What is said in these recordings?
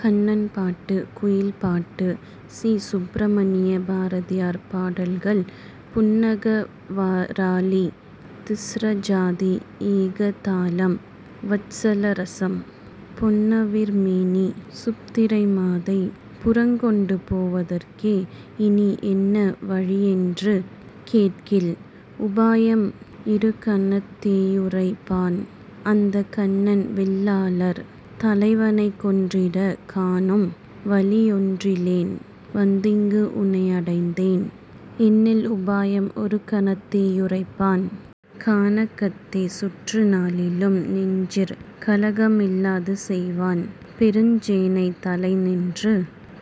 கண்ணன் பாட்டு, குயில் பாட்டு சி. சுப்ரமணிய பாரதியார் பாடல்கள் புன்னாகவராளி திஸ்ரஜாதி ஏகதாளம் வத்ஸல ரசம் பொன்னவிர் மேனிச் சுபத்திரை மாதைப் புறங்கொண்டு போவ தற்கே இனி என்ன வழியென்று கேட்கில், உபாயம் இருகணத் தேயுரைப் பான்; அந்தக் ''கன்னன் வில்லாளர் தலைவனைக் கொன்றிடக் காணும் வழியொன் றில்லேன் வந்திங்கு உன்னை யடைந்தேன்'' என்னில் உபாயம் ஒருகணத் தேயுரைப் பான். கானகத்தே சுற்று நாளிலும் நெஞ்சிற் கலக்க மிலாதுசெய் வான்; பெருஞ் சேனைத் தலைநின்று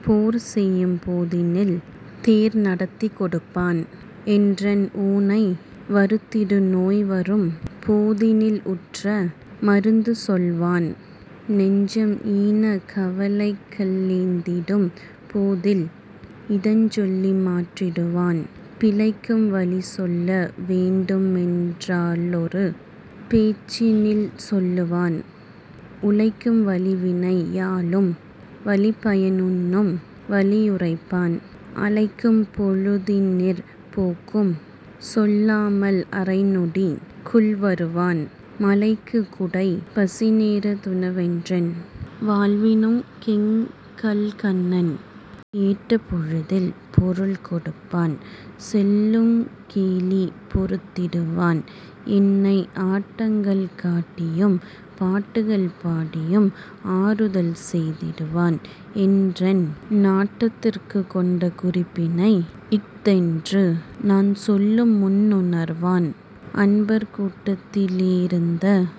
போர்செய்யும் போதினில் தேர்நடத் திக்கொடுப் பான்; என்றன் ஊனை வருத்திடு நோய்வரும் போதினில் உற்ற மருந்துசொல் வான்; நெஞ்சம் ஈனக் கவலைக ளெய்திடும் போதில் இதஞ்சொல்லி மாற்றிடு வான். பிழைக்கும் வழிசொல்ல வேண்டுமென் றாலொரு பேச்சினி லேசொல்லுவான்; உழைக்கும் வழிவினை யாளும் வழிபயன் உண்ணும் வழியுரைப் பான்; அழைக்கும் பொழுதினிற் போக்குச் சொல்லாமல் அரைநொடிக் குள்வருவான்; மழைக்குக் குடை, பசிநேரத் துணவென்றன் வாழ்வினுக் கெங்கள்கண் ணன். கேட்டபொழுதில் பொருள் கொடுப்பான்; சொல்லுங் கேலி பொறுத்திடு வான்; எனை ஆட்டங்கள் காட்டியும் பாட்டுக்கள் பாடியும் ஆறுதல் செய்திடுவான்; என்றன் நாட்டத்திற் கொண்ட குறிப்பினை இஃதென்று நான்சொல்லும் முன்னுணர் வான்; அன்பர் கூட்டத்தி லேயிந்தக்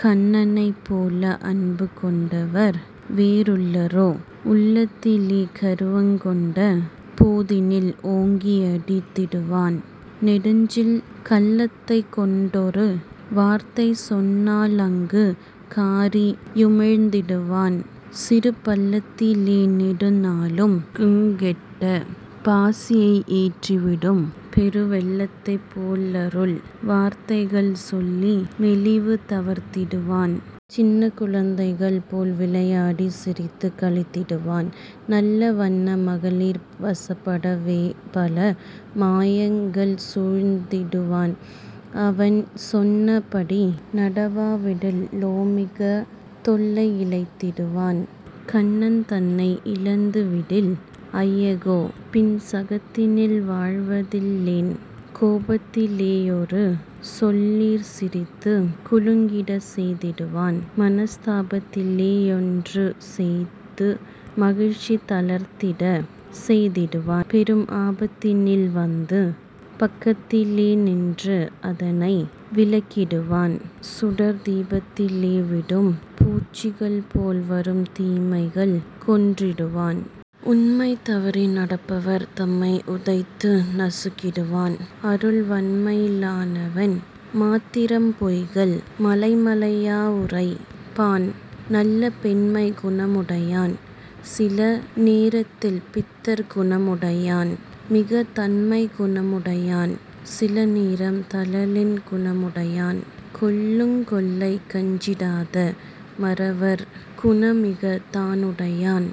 கண்ணனைப் போலன்பு கொண்டவர் வேறுள ரோ? உள்ளத்தி லேகரு வங்கொண்ட போதினில் ஓங்கி யடித் திடுவான்; நெஞ்சில் கள்ளத்தைக் கொண்டொரு வார்த்தைசொன் னாலங்கு காறி யுமிழ்ந்திடு வான்; சிறு பள்ளத்தி லேநெடு நாளழு குங்கெட்ட பாசியை யெற்றி விடும் பெரு வெள்ளத்தைப் போலருள் வார்த்தைகள் சொல்லி மெலிவு தவிர்த்திடு வான். சின்னக் குழந்தைகள் போல்விளை யாடிச் சிரித்துக் களித்திடு வான்; நல்ல வன்ன மகளிர் வசப்பட வேபல மாயங்கள் சூழ்ந்திடு வான்; அவன் சொன்ன படிநட வாவிடி லோமிகத் தொல்லை யிழைத்திடு வான்; கண்ணன் தன்னை யிழந்து விடில், ஐயகோ! பின் சகத்தினில் வாழ்வதி லேன். கோபத்தி லேயொரு சொல்லிற் சிரித்துக் குலுங்கிடச் செய்திடு வான்; மனஸ் தாபத்திலே யொன்று செய்து மகிழ்ச்சி தளிர்த்திடச் செய்திடுவான்; பெரும் ஆபத்தி னில்வந்து பக்கத்தி லேநின்று அதனை விலக்கிடு வான்; சுடர்த் தீபத்தி லேவிடும் பூச்சிகள் போல்வருந் தீமைகள் கொன்றிடு வான். உண்மை தவறி நடப்பவர் தம்மை உதைத்து நசுக்கிடுவான்; அருள் வண்மையி னாலவன் மாத்திரம் பொய்கள் மலைமலை யாவுரைப் பான்; நல்ல பெண்மைக் குணமுடை யான்; சில நேரத்தில் பித்தர் குணமுடை யான்; மிகத் தண்மைக் குணமுடை யான்; சில நேரம் தழலின் குணமுடை யான். கொல்லுங் கொலைக்கஞ்சி டாத மறவர் குணமிகத் தானுடை யான்;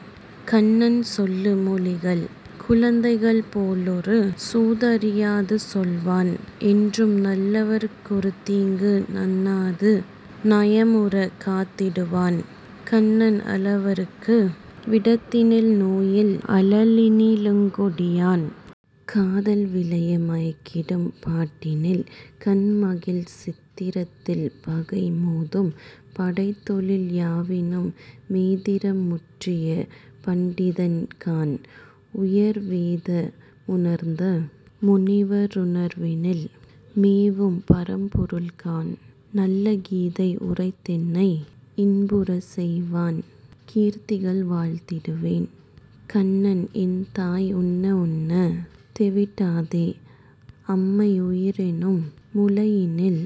கண்ணன் சொல்லு மொழிகள் குழந்தைகள்; போலொரு சூதறி யாதுசொல் வான்; என்றும் நல்லவ ருக்கொரு தீங்கு நண்ணாது நயமுறக் காத்திடு வான்; கண்ணன் அல்லவ ருக்கு விடத்தினில் நோயில் அழலினி லுங்கொடி யான். காதல் விளைய மயக்கிடும் பாட்டினில் கண்மகிழ் சித்திரத் தில் பகை மோதும் படைத்தொழில் யாவினு மேதிறம் முற்றிய பண்டிதன் காண்; உயர் வேத முணர்ந்த முனிவ ருணர்வினில் மேவு பரம்பொருள் காண்; நல்ல கீதை யுரைத்தெனை இன்புறச் செய்தவன் கீர்த்திகள் வாழ்த்திடு வேன்.. கண்ணன் என் தாய் உண்ண உண்ணத் தெவிட்டாதே அம்மை உயிரெனும் முலையினில்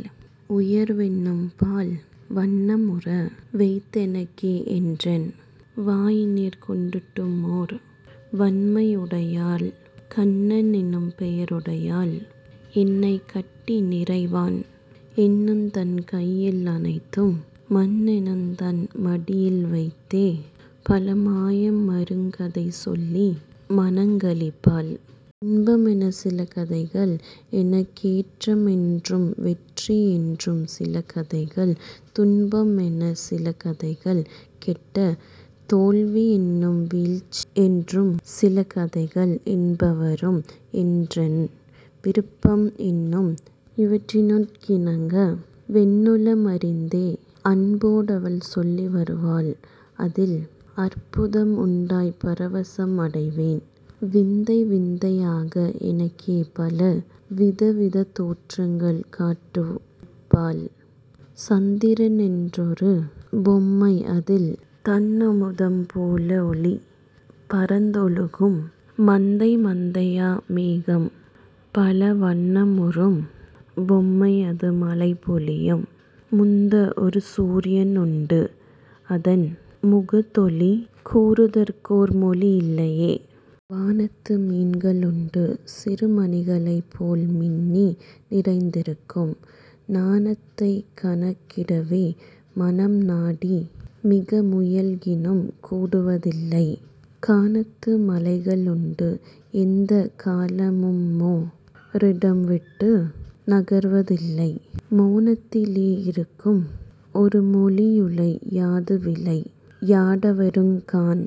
உயர்வெனும் பால்; வண்ணமுற வைத்தெனக் கே என்றன் வாயினிற்கொண் டூட்டுமோர் வண்மையுடையாள், கண்ணனெனும் பெயருடையாள், என்னை கட்டிநிறை வான் எனுந்தன் கையி லணைத்து மண்ணெனுந்தன் மடியில்வைத்தே பல மாயமுறுங் கதைசொல்லி மனங்களிப் பாள். இன்பமெனச் சிலகதைகள் எனக் கேற்றமென்றும் வெற்றி யென்றும் சில கதைகள் துன்பமெனச் சில கதைகள் கெட்ட தோல்வியென்றும் வீழ்ச்சியென்றும் சில கதைகள் என்பருவம் என்றன் விருப்பம் எனும் இவற்றினுக் கிணங்கவென் னுளமறிந்தே அன்பொடவள் சொல்லிவரு வாள்; அதில் அற்புதமுண் டாய்ப்பர வசமடைவேன். விந்தைவிந்தை யாக எனக்கே பல விதவிதத் தோற்றங்கள் காட்டுவிப் பாள்; சந்திரனென் றொரு பொம்மை அதில் தண்ணமுதம் போலஒளி பரந்தொழுகும்; மந்தை மந்தையா மேகம் பல வண்ணமுறும் பொம்மையது மழைபொழியும்; முந்தஒரு சூரியனுண்டு அதன் முகத் தொளி கூறுதற்கொர் மொழியிலை யே. வானத்து மீன்க ளுண்டு சிறு மணிகளைப் போல்மின்னி நிறைந்திருக்கும்; நானத்தைக் கணக்கிடவே மனம் நாடிமிக முயல்கினும் கூடுவதில்லை; கானத்து மலைக ளுண்டு எந்தக் காலமுமொ ரிடம்விட்டு நகர்வதில்லை; மோனத்தி லேயிருக்கும் ஒரு மொழியுலை யாதுவிளை யாடவருங் காண்.